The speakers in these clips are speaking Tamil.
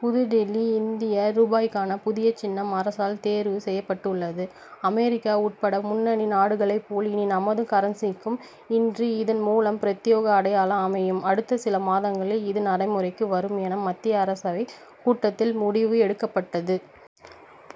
புதுடில்லி இந்திய ரூபாய்க்கான புதிய சின்னம், அரசால் தேர்வு செய்யப்பட்டுள்ளது. அமெரிக்கா உட்பட முன்னணி நாடுகளைப் போல இனி நமது கரன்சிக்கு என்று இதன் மூலம் பிரத்யேக அடையாளம் அமையும் அடுத்த சில மாதங்களில் இது நடைமுறைக்கும் வரும் என, மத்திய அமைச்சரவை கூட்டத்தில் முடிவு எடுக்கப்பட்டது.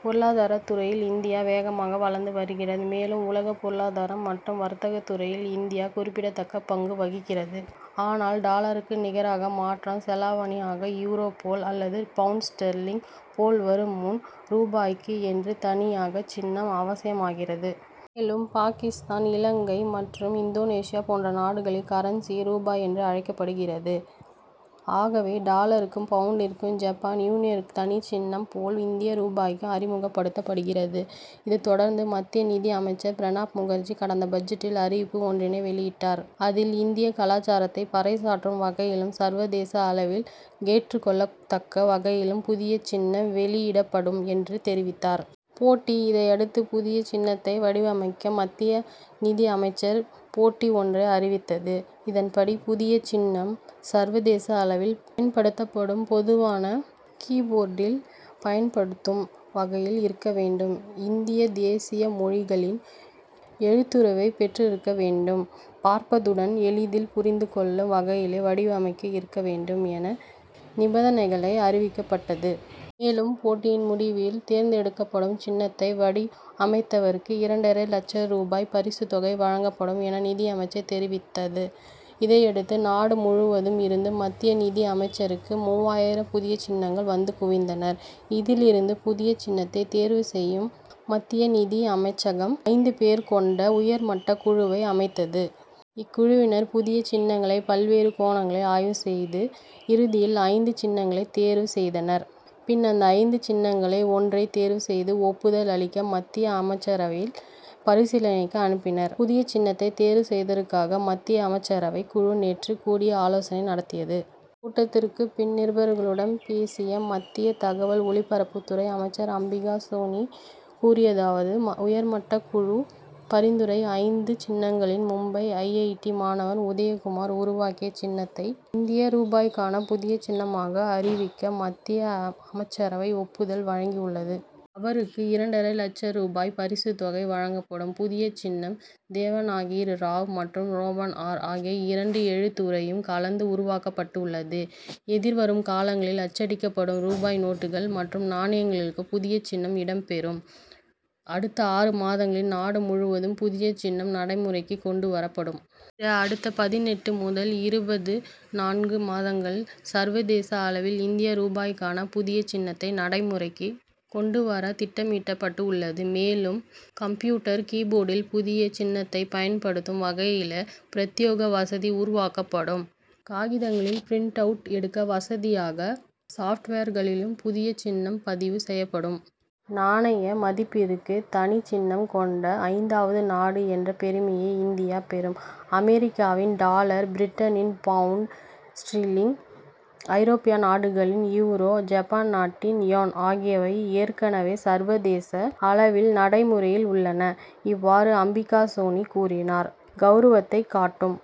பொருளாதாரத் துறையில் இந்தியா வேகமாக வளர்ந்து வருகிறது. மேலும், உலக பொருளாதாரம் மற்றும் வர்த்தகத் துறையில் இந்தியா குறிப்பிடத்தக்க பங்கு வகிக்கிறது. ஆனால், டாலருக்கு நிகராக மாற்று செலாவணியாக யூரோ போல அல்லது பவுண்ட் ஸ்டெர்லிங் போல வரும் முன், ரூபாய்க்கு என்று தனியாக சின்னம் அவசியமாகிறது. மேலும் பாகிஸ்தான், இலங்கை மற்றும் இந்தோனேஷியா போன்ற நாடுகளின் கரன்சியும், ரூப்யா என்றழைக்கப்படுகிறது. ஆகவே, டாலருக்கு, பவுண்டிற்கு, ஜப்பான் யென்னிற்கு தனிச்சின்னம் போல இந்திய ரூபாய்க்கு அறிமுகப்படுத்தப்படுகிறது. இது தொடர்பாக, மத்திய நிதி அமைச்சர் பிரணாப் முகர்ஜி, கடந்த பட்ஜெட்டில் அறிவிப்பு ஒன்றை வெளியிட்டார். அதில், இந்திய கலாசாரத்தை பறை சாற்றும் வகையிலும், சர்வதேச அளவில் ஏற்றுக்கொள்ளத்தக்க வகையிலும் புதிய சின்னம் வெளியிடப்படும் என்று தெரிவித்தார். போட்டி இதையடுத்து, புதிய சின்னத்தை வடிவமைக்க மத்திய நிதி அமைச்சகம் போட்டி ஒன்றை அறிவித்தது. அதன்படி புதிய சின்னம், சர்வதேச அளவில் பயன்படுத்தப்படும் பொதுவான கீ-போர்டில் பயன்படுத்தும் வகையில் இருக்க வேண்டும். இந்திய தேசிய மொழிகளின் எழுத்துருவை பெற்றிருக்க வேண்டும்; பார்த்தவுடன் எளிதில் புரிந்து கொள்ளும் வகையில் வடிவமைப்பு இருக்க வேண்டும் என நிபந்தனைகளை அறிவிக்கப்பட்டது. மேலும், போட்டியின் முடிவில் தேர்ந்தேடுக்கப்படும் சின்னத்தை வடிவமைத்தவருக்கு, இரண்டரை லட்ச ரூபாய் பரிசுத் தொகை வழங்கப்படும் என நிதி அமைச்சகம் தெரிவித்தது. இதையடுத்து, நாடு முழுவதும் இருந்து மத்திய நிதி அமைச்சகத்துக்கு மூவாயிரம் புதிய சின்னங்கள் வந்து குவிந்தன. இதிலிருந்து புதிய சின்னத்தை தேர்வு செய்ய மத்திய நிதி அமைச்சகம், ஐந்து பேர் கொண்ட உயர்மட்டக் குழுவை அமைத்தது. இக்குழுவினர், புதிய சின்னங்களை பல்வேறு கோணங்களில் ஆய்வு செய்து, இறுதியில் ஐந்து சின்னங்களை தேர்வு செய்தனர். பின், அந்த ஐந்து சின்னங்களில் ஒன்றை தேர்வு செய்து ஒப்புதல் அளிக்க மத்திய அமைச்சரவையின் பரிசீலனைக்கு அனுப்பினர். புதிய சின்னத்தை தேர்வு செய்வதற்காக மத்திய அமைச்சரவை குழு நேற்று கூடி ஆலோசனை நடத்தியது. கூட்டத்திற்கு பின் நிருபர்களிடம் பேசிய மத்திய தகவல் ஒலிபரப்புத்துறை அமைச்சர் அம்பிகா சோனி கூறியதாவது உயர்மட்டக் குழு பரிந்துரைத்த ஐந்து சின்னங்களில், மும்பை ஐ. ஐ. டி., மாணவர் உதயகுமார் உருவாக்கிய சின்னத்தை இந்திய ரூபாய்க்கான புதிய சின்னமாக அறிவிக்க, மத்திய அமைச்சரவை ஒப்புதல் வழங்கியுள்ளது. அவருக்கு இரண்டரை லட்ச ரூபாய் பரிசுத் தொகை வழங்கப்படும். புதிய சின்னம் தேவநாகிரி, ரா மற்றும் ரோமன் ஆர் ஆகிய இரண்டு எழுத்துருவையும் கலந்து உருவாக்கப்பட்டுள்ளது. எதிர்வரும் காலங்களில் அச்சடிக்கப்படும் ரூபாய் நோட்டுகள் மற்றும் நாணயங்களில் புதிய சின்னம் இடம் பெறும். அடுத்த ஆறு மாதங்களில், நாடு முழுவதும் புதிய சின்னம் நடைமுறைக்கு கொண்டு வரப்படும். தவிர, அடுத்த பதினெட்டு முதல் இருபத்து நான்கு மாதங்களில், சர்வதேச அளவில் இந்திய ரூபாய்க்கான புதிய சின்னத்தை நடைமுறைக்கு கொண்டு வர திட்டமிடப்பட்டுள்ளது. மேலும், கம்ப்யூட்டர் கீ-போர்டில் புதிய சின்னத்தை பயன்படுத்தும் வகையில பிரத்யேக வசதி உருவாக்கப்படும். காகிதங்களில் பிரின்ட் அவுட் எடுக்க வசதியாக சாப்ட்வேர்களிலும் புதிய சின்னம் பதிவு செய்யப்படும். நாணய மதிப்பிற்கு தனிச்சின்னம் கொண்ட ஐந்தாவது நாடு என்ற பெருமையை இந்தியா பெறும். அமெரிக்காவின் டாலர், பிரிட்டனின் பவுண்ட் ஸ்டெர்லிங், ஐரோப்பிய நாடுகளின் யூரோ, ஜப்பான் நாட்டின் யென் ஆகியவை ஏற்கனவே சர்வதேச அளவில் நடைமுறையில் உள்ளன. இவ்வாறு அம்பிகா சோனி கூறினார். கவுரவத்தைக் காட்டும்